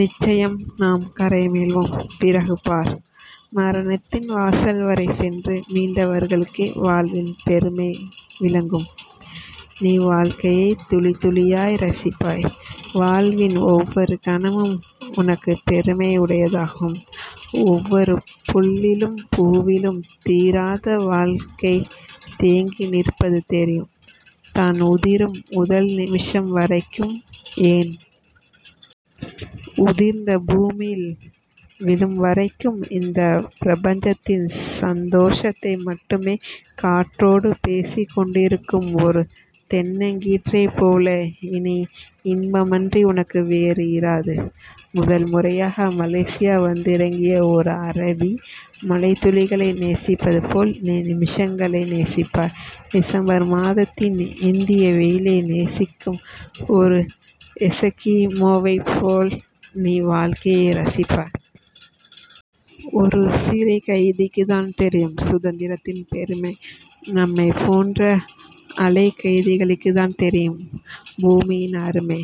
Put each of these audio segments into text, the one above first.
நிச்சயம் நாம் கரைமீள்வோம். பிறகு பார். மரணத்தின் வாசல்வரை சென்று மீண்டவர்களுக்கே வாழ்வின் பெருமை விளங்கும். நீ வாழ்க்கையைத் துளித்துளியாய் ரசிப்பாய். வாழ்வின் ஒவ்வொரு கணமும் உனக்குப் பெருமை உடையதாகும். ஒவ்வொரு புல்லிலும் பூவிலும் தீராத வாழ்க்கை தேங்கி நிற்பது தெரியும். தான் உதிரும் முதல் நிமிஷம் வரைக்கும் ஏன்... உதிர்ந்து பூமியில் விழும்வரைக்கும், இந்தப் பிரபஞ்சத்தின் சந்தோஷத்தை மட்டுமே காற்றோடு பேசிக்கொண்டிருக்கும் ஒரு தென்னங்கீற்றைப் போல இனி இன்பமன்றி உனக்கு வேறு இராது. முதன்முதலாக மலேசியா வந்திறங்கிய ஓர் அரபி, மழைத்துளிகளை நேசிப்பது போல் நீ நிமிஷங்களை நேசிப்பாய். டிசம்பர் மாதத்தின் இந்திய வெயிலை நேசிக்கும் ஓர் எஸகிமோவைப் போல் நீ வாழ்க்கையை ரசிப்பாய். ஒரு சிறைக்கைதிக்குத்தான் தெரியும் சுதந்திரத்தின் பெருமை. நம்மைப் போன்ற அலைக்கைதிகளுக்குத்தான் தெரியும் பூமியின் அருமை.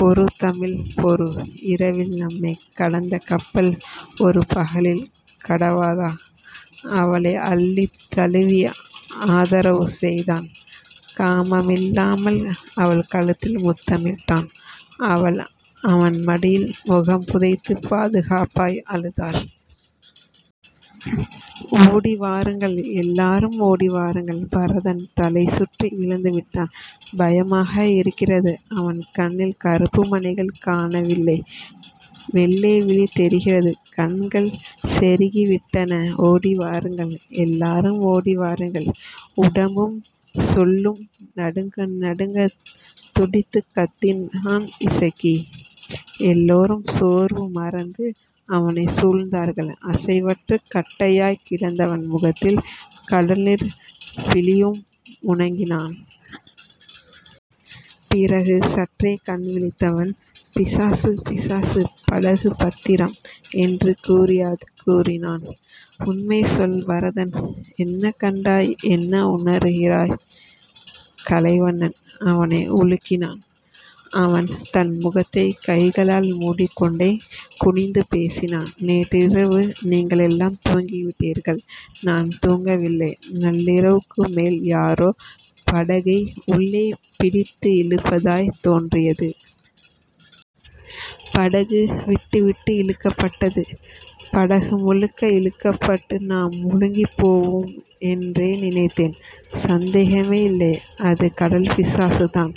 பொறு தமிழ். பொறு... இரவில் நம்மைக் கடந்த கப்பல், ஒரு பகலில் கடவாதா? அவளை அள்ளித் தழுவி ஆதரவு செய்தான். காமமில்லாமல் அவள் கழுத்தில் முத்தமிட்டான். அவள், அவன் மடியில் முகம் புதைத்துப் பாதுகாப்பாய் அழுதாள். ஓடிவாருங்கள்... எல்லாரும் ஓடிவாருங்கள். பரதன் தலை சுற்றி விழுந்துவிட்டான். பயமாக இருக்கிறது. அவன் கண்ணில் கருப்புமணிகள் காணவில்லை. வெள்ளைவிழி தெரிகிறது. கண்கள் செருகிவிட்டன. ஓடிவாருங்கள்... எல்லாரும் ஓடிவாருங்கள்... உடம்பும் சொல்லும் நடுங்க நடுங்கத் துடித்துக் கத்தினான் இசக்கி. எல்லோரும் சோர்வு மறந்து அவனைச் சூழ்ந்தார்கள். அசைவற்ற கட்டையாய்க் கிடந்தவன் முகத்தில், கடல்நீர் பிழியவும் முனகினான். பிறகு சற்றே கண்விழித்தவன் பிசாசு, பிசாசு. படகு பத்திரம். என்று கூறியது கூறினான். உண்மை சொல் பரதன், என்ன கண்டாய்? என்ன உளறுகிறாய்? கலைவண்ணன் அவனை உலுக்கினான். அவன் தன் முகத்தைக் கைகளால் முடிக்கொண்டே குனிந்து பேசினான். நேற்றிரவு நீங்களெல்லாம் தூங்கிவிட்டீர்கள். நான் தூங்கவில்லை. நள்ளிரவுக்குமேல் யாரோ படகை உள்ளே பிடித்து இழுப்பதாய்த் தோன்றியது. படகு விட்டுவிட்டு இழுக்கப்பட்டது. படகு முழுக்க இழுக்கப்பட்டு நாம் முழ்கிப் போவோம் என்றே நினைத்தேன். சந்தேகமே இல்லை அது கடல் பிசாசுதான்.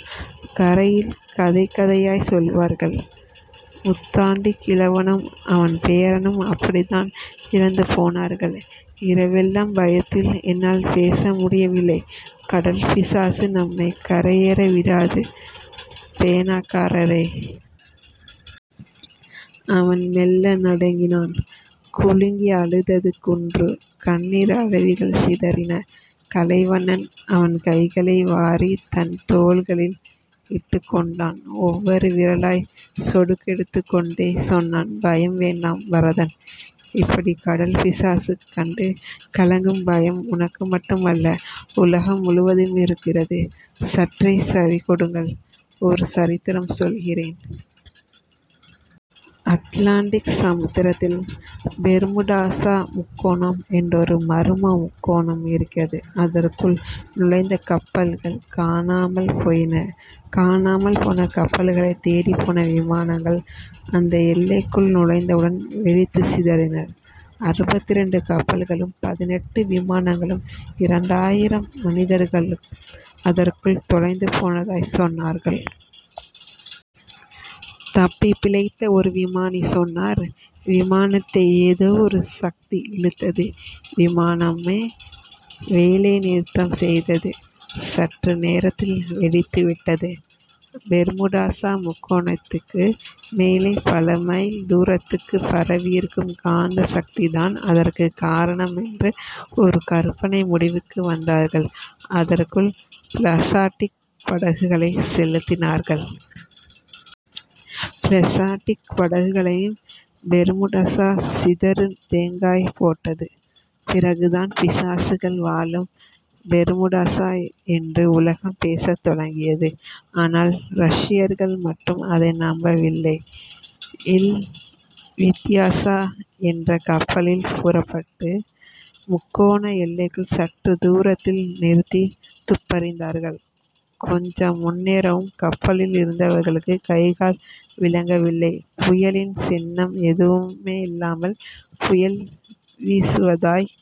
கரையில் கதை கதையாய்ச் சொல்வார்கள். முத்தாண்டிக் கிழவனும் அவன் பேரனும் அப்படித்தான் இறந்து போனார்கள். இரவெல்லாம் பயத்தில் என்னால் பேச முடியவில்லை. கடல் பிசாசு நம்மைக் கரையேற விடாது பேனாக்காரரே. அவன் மெல்ல நடுங்கினான். குலுங்கி அழுதது குன்று. கண்ணீர் அருவிகள் சிதறின. கலைவண்ணன், அவன் கைகளை வாரித் தன் தோள்களில் இட்டுக்கொண்டான். ஒவ்வொரு விரலாய்ச் சொடுக்கெடுத்துக்கொண்டே சொன்னான். பயம் வேண்டாம் பரதன். இப்படிக் கடல் பிசாசு கண்டு கலங்கும் பயம் உங்களுக்குமட்டுமல்ல, உலகம் முழுவதுமிருக்கிறது. சற்றே செவி கொடுங்கள், ஒரு சரித்திரம் சொல்கிறேன். அட்லாண்டிக் சமுத்திரத்தில் பெர்முடாஸ முக்கோணம் என்றொரு மர்ம முக்கோணம் இருக்கிறது. அதற்குள் நுழைந்த கப்பல்கள் காணாமல் போயின. காணாமல் போன கப்பல்களைத் தேடப்போன விமானங்கள், அந்த எல்லைக்குள் நுழைந்தவுடன் வெடித்துச் சிதறின. அறுபத்திரண்டு கப்பல்களும் பதினெட்டு விமானங்களும் இரண்டாயிரம் மனிதர்களும் அதற்குள் தொலைந்து போனதாய்ச் சொன்னார்கள். தப்பிப் பிழைத்த ஒரு விமானி சொன்னார். விமானத்தை ஏதோ ஒரு சக்தி இழுத்தது. விமானமே வேலைநிறுத்தம் செய்தது. சற்று நேரத்தில் வெடித்துவிட்டது... பெர்முடாஸ முக்கோணத்துக்கு மேலே பல மைல் தூரத்துக்குப் பரவியிருக்கும் காந்த சக்திதான் அதற்குக் காரணம் என்ற ஒரு கற்பனை முடிவுக்கு வந்தவர்கள், அதற்குள் பிளாஸடிக் படகுகளைச் செலுத்தினார்கள். பிளாஸடிக் படகுகளையும் பெர்முடாஸ சிதறுதேங்காய் போட்டது. பிறகுதான் பிசாசுகள் வாழும் பெர்முடாஸ என்று உலகம் பேசத் தொடங்கியது. ஆனால், ரஷயர்கள் மட்டும் அதை நம்பவில்லை. ல் விட்யாஸ என்ற கப்பலில் புறப்பட்டு, முக்கோண எல்லைக்குச் சற்றே தூரத்தில் நிறுத்தித் துப்பறிந்தார்கள். கொஞ்சம் முன்னேறவும், கப்பலில் இருந்தவர்களுக்குக் கை கால் விளங்கவில்லை. புயலின் சின்னம் எதுவுமில்லாமலே, புயல் வீசுவதாய்க்